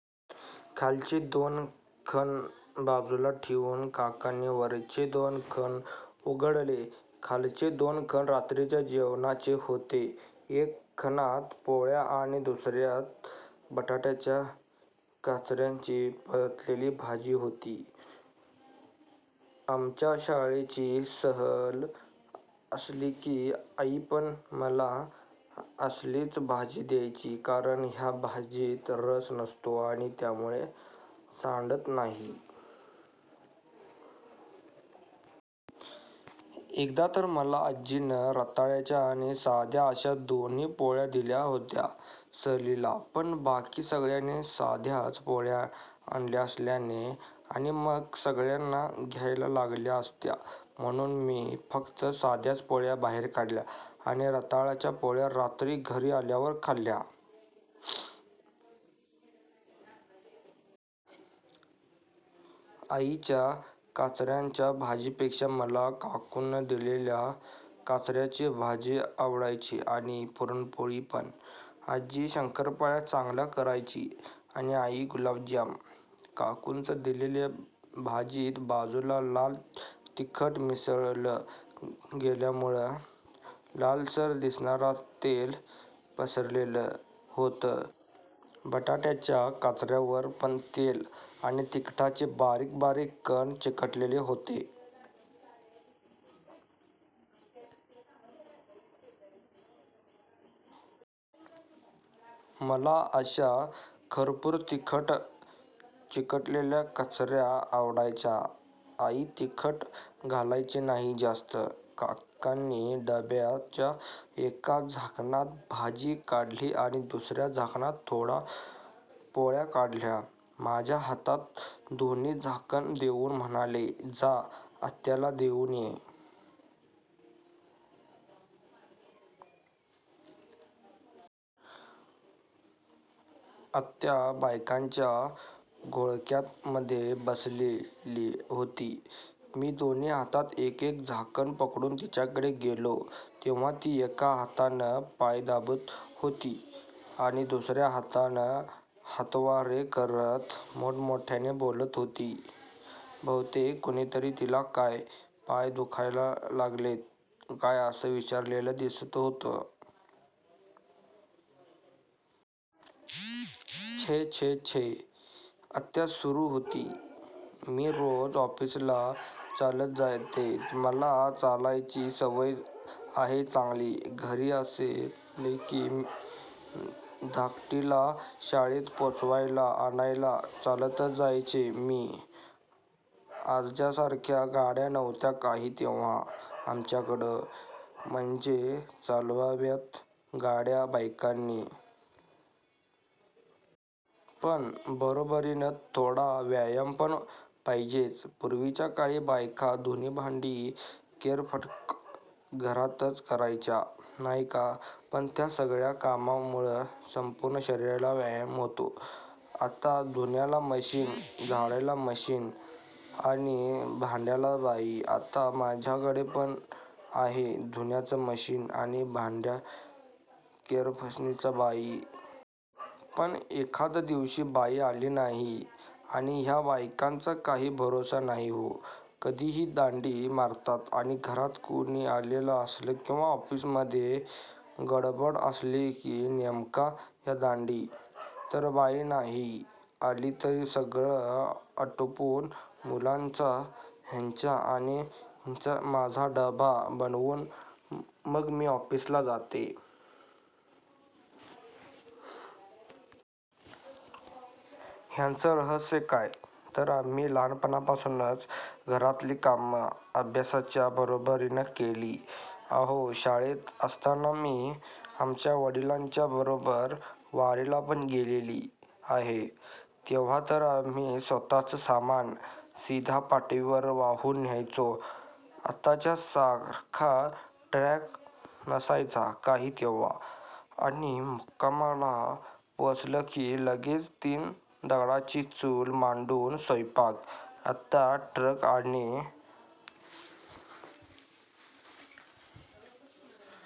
खालचे दोन खण बाजूला ठेवून काकांनी वरचे दोन खण उघडले. खालचे दोन खण रात्रीच्या जेवणाचे होते. एका खणात पोळ्या आणि दुसर्यात बटाटाच्या काचर्यांची परतलेली भाजी होती. आमच्या शाळेची सहल असली की आईपण मला असलीच भाजी द्यायची कारण ह्या भाजीत रस नसतो आणि त्यामुळे सांडत नाही. एकदा तर मला आज्जीनं रताळ्याच्या आणि साध्या अश्या दोन्ही पोळ्या दिल्या होत्या सहलीला. पण बाकी सगळ्यांनी साध्याच पोळ्या आणल्या असल्याने आणि मग सगळ्यांना द्यायला लागल्या असत्या म्हणुन मी फक्त साध्याच पोळ्या बाहेर काढल्या आणि रताळ्याच्या पोळ्या रात्री घरी आल्यावर खाल्ल्या. आईच्या काचर्यांच्या भाजीपेक्षा मला काकूनं केलेली काचर्यांची भाजी आवडायची आणि पुरणपोळ्यापण. आज्जी शंकरपाळ्या चांगल्या करायची आणि आई गुलाबजाम. काकूनं दिलेल्या भाजीत बाजूला लाल तिखट मिसळलं गेल्यामुळ लालसर दिसणार तेल पसरलेलं होतं. बटाट्याच्या काचर्यांवर पण तेल आणि तिखटाचे बारीक बारीक कण चिकटलेले होते. मला अश्या खरपूर तिखट चिकटलेल्या काचर्या आवडायच्या. आई तिखट घालायची नाही जास्त. काकांनी डब्याच्या एका झाकणात भाजी काढली आणि दुसर्या झाकणात थोड्या पोळ्या काढल्या. माझ्या हातात दोन्ही झाकणं देउन म्हणाले, जा. आत्याला देउन ये. आत्या बायकांच्या घोळक्यात मध्ये बसलेली होती. मी दोन्ही हातात एक एक झाकण पकडून तिच्याकडे गेलो तेव्हा ती एका हातानं पाय दाबत होती आणि दुसर्या हातानं हातवारे करत मोठमोठ्यानं बोलत होती. बहुतेक कुणीतरी तिला काय, पाय दुखायला लागलेत काय असं विचारलेलं दिसत होतं. छे छे छे! आत्या सुरु होती. मी रोज ऑफिसला चालतच जाते. मला चालायची सवय आहे चांगली. घरी असले की धाकटीला शाळेत पोचवायला, आणायला चालतच जायचे मी. आजच्यासारख्या गाड्या नव्हत्या काही तेव्हा आमच्याकडं. म्हणजे चालवाव्यात गाड्या बायकांनी. पण बरोबरीनं थोडा व्यायाम पण पाहिजेच. पुर्वीच्या काळी बायका धुणी-भांडी-केरफडकं घरातच करायच्या, नाही का. पण त्या सगळ्या कामामुंळे संपूर्ण शरीराला व्यायाम होतो. आता धुण्याला मशिन, झाडायला मशिन आणि भांड्याला बाई. आता माझ्याकडे पण आहे धुण्याचं मशिन आणि भांडी-केरफरशीला बाई. पण एखाद दिवशी बाई आली नाही आणि ह्या बायकांचा काही भरोसा नाही हो. कधिही दांडी मारतात आणि घरात कुणी आलेलं असलं किंवा ऑफिसमध्ये गडबड असली की नेमकी ह्यांची दांडी. तर बाई नाही आली तरी सगळं आटोपून, मुलांचा, ह्यांचा आणि माझा डबा बनवून मग मी ऑफिसला जाते. ह्याचं रहस्य काय, तर आम्ही लहानपणापासूनच घरातली कामं अभ्यासाच्या बरोबरीनं केली. अहो शाळेत असताना मी आमच्या वडिलांच्या बरोबर वारीला पण गेलेले आहे. तेव्हातर आम्ही स्वतःचं सामान, शिधा पाठीवरुन वाहून न्यायचो. आताच्या सारखा ट्रक नसायचा काही तेव्हा आणि मुक्कामाला पोचलं की लगेच तीन दगडांची चूल मांडून स्वैपाक. आता ट्रक आणि